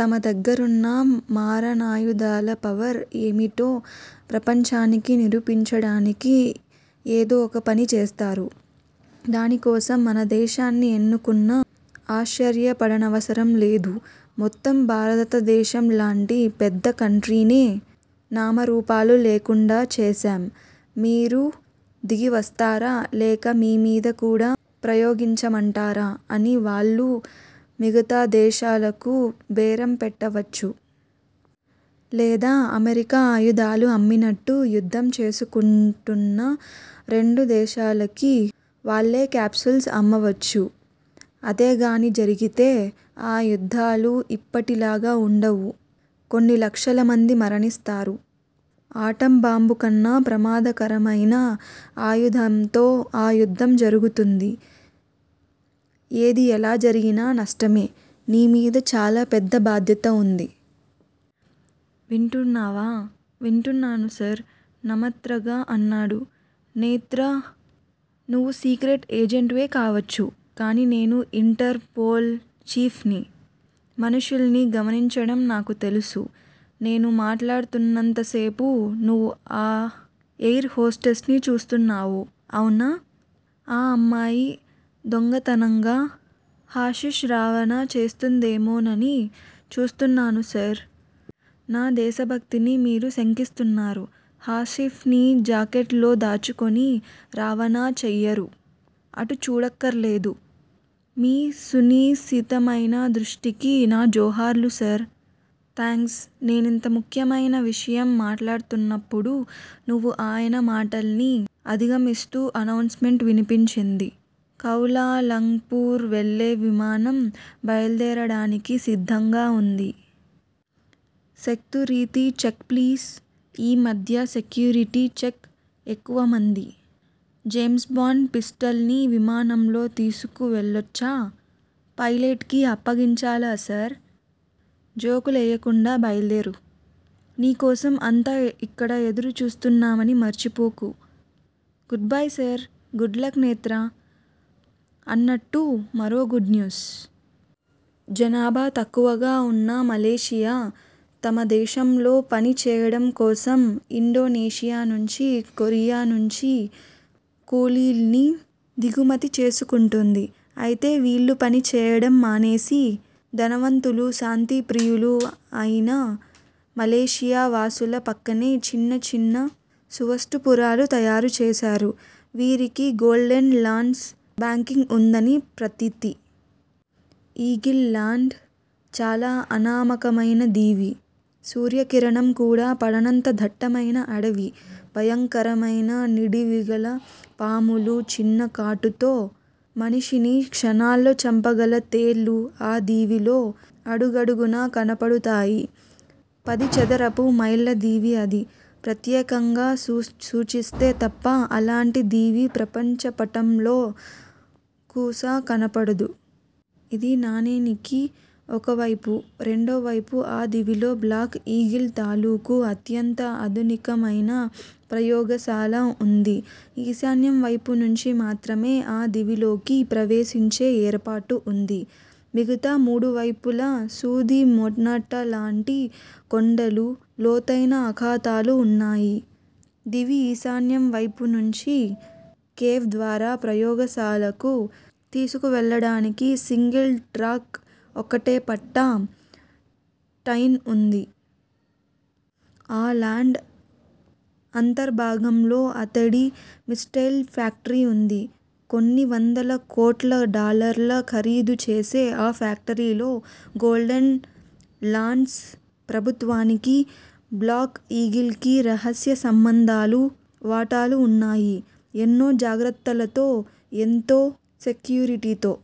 తమ దగ్గరున్న మారణాయుధాల పవర్ ఏమిటో ప్రపంచానికి నిరూపించడానికి ఏదో ఒక పని చేస్తారు. దానికోసం మన దేశాన్ని ఎన్నుకున్నా ఆశ్చర్యపడనవసరంలేదు. మొత్తం భారతదేశంలాంటి పెద్ద కంట్రీనే నామరూపాలు లేకుండా చేశాం- మీరు దిగివస్తారా- లేక మీమీద కూడా ప్రయోగించమంటారా అని వాళ్ళు మిగతా దేశాలకు బేరం పెట్టవచ్చు. లేదా- అమెరికా ఆయుధాలు అమ్మినట్టు యుద్ధం చేసుకుంటున్న రెండు దేశాలకీ వాళ్ళే క్యాప్సూల్స్ అమ్మవచ్చు. అదేగానీ జరిగితే ఆ యుద్ధాలు ఇప్పటిలా వుండవు. కొన్ని లక్షలమంది మరణిస్తారు. ఆటంబాంబుకన్నా ప్రమాదకరమైన ఆయుధంతో ఆ యుద్ధం జరుగుతుంది. ఏది ఎలా జరిగినా నష్టమే. నీ మీద చాలా పెద్ద బాధ్యత వుంది. వింటున్నావా? వింటున్నాను సార్ నమత్రగా అన్నాడు. నేత్రా, నువ్వు సీక్రెట్ ఏజెంట్ వే కావొచ్చు. కానీ నేను ఇంటర్ పోల్ చీఫ్ ని. మనుష్యుల్ని గమనించడం నాకూ తెలుసు. నేను మాట్లాడుతున్నంతసేపూ నువ్వు ఆ ఎయిర్ హోస్టెస్ ని చూస్తున్నావు. అవునా? ఆ అమ్మాయి దొంగతనంగా హషిష్ రవాణా చేస్తుందేమోనని చూస్తున్నాను సార్. నా దేశభక్తిని మీరు శంకిస్తున్నారు. హషిప్ ని జాకెట్ లో దాచుకుని రవాణా చెయ్యరు. అటు చూడక్కర్లేదు. మీ సునిశితమైన దృష్టికి నా జోహార్లు సర్. థాంక్స్ నేనింత ముఖ్యమైన విషయం మాట్లాడుతున్నప్పుడు నువ్వు ఆయన మాటల్ని అధిగమిస్తూ అనౌన్స్ మెంట్ వినిపించింది. కౌలాలంపూర్ వెళ్ళే విమానం బయల్దేరడానికి సిద్ధంగా వుంది. సేక్తూరితీ చెక్ ప్లీజ్- ఈ మధ్య సెక్యూరిటీ చెక్ ఎక్కువమంది. జేమ్స్ బాండ్ పిస్టల్ ని విమానంలో తీసుకు వెళ్ళొచ్చా? పైలెట్ కి అప్పగించాలా సార్? జోకు లెయ్యకుండా బయల్దేరు. నీ కోసం అంతా ఇక్కడ ఎదురు చూస్తున్నామని మర్చిపోకు. Goodbye sir- good luck Netra- అన్నట్టు మరో గుడ్ న్యూస్. జనాభా తక్కువగా వున్న మలేషియా, తమ దేశంలో పని చెయ్యడంకోసం ఇండోనేషియా నుంచీ, కొరియా నుంచి కూలీల్ని దిగుమతి చేసుకుంటూంది. అయితే వీళ్ళు పని చేయడం మానేసి, ధనవంతులూ, శాంతిప్రియులూ అయిన మలేషియా వాసుల పక్కనే చిన్న చిన్న స్టూవర్టుపురాలు తయారు చేశారు. వీరికి గోల్డెన్ లాండ్స్ బ్యాకింగ్ వుందని ప్రతీతి. ఈగిల్ లాండ్ చాలా అనామకమైన దీవి. సూర్యకిరణం కూడా పడనంత దట్టమైన అడవి. భయంకరమైన నిడివిగల పాములు, చిన్న కాటుతో మనిషిని క్షణాల్లో చంపగల తేళ్ళు ఆ దివిలో అడుగడుగునా కనపడతాయి. పది చదరపు మైళ్ళదీవి అది. ప్రత్యేకంగా సూచిస్తే తప్ప, అలాంటి దీవి ప్రపంచపటంలో కూసా కనబడదు. ఇది నాణేనికి ఒకవైపు రెండో వైపు ఆ దీవిలో బ్లాక్ ఈగిల్ తాలూకు అత్యంత ఆధునికమైన ప్రయోగశాల వుంది. ఈశాన్యం వైపునుంచి మాత్రమే ఆ దీవిలోకి ప్రవేశించే ఏర్పాటు వుంది. మిగతా మూడువైపులా సూదిమొనలాటి కొండలూ, లోతైన అఖాతాలు వున్నాయి. దీవి ఈశాన్యం వైపునుంచి, కేవ్ ద్వారా ప్రయోగశాలకు తీసుకువెళ్ళడానికి సింగిల్ ట్రాక్ ఒకటే పట్టా_ టైన్ వుంది. ఆ లాండ్ అంతర్భాగంలో అతడి మిస్సైల్ ఫ్యాక్టరీ వుంది. కొన్ని వందల కోట్ల డాలర్ల ఖరీదు చేసే ఆ ఫ్యాక్టరీలో గోల్డెన్ లాండ్స్ ప్రభుత్వానికీ, బ్లాక్ ఈగిల్ కీ రహస్య సంబంధాలు, వాటాలూ వున్నాయి. ఎన్నో జాగ్రత్తలతో, ఎంతో సెక్యూరిటీతో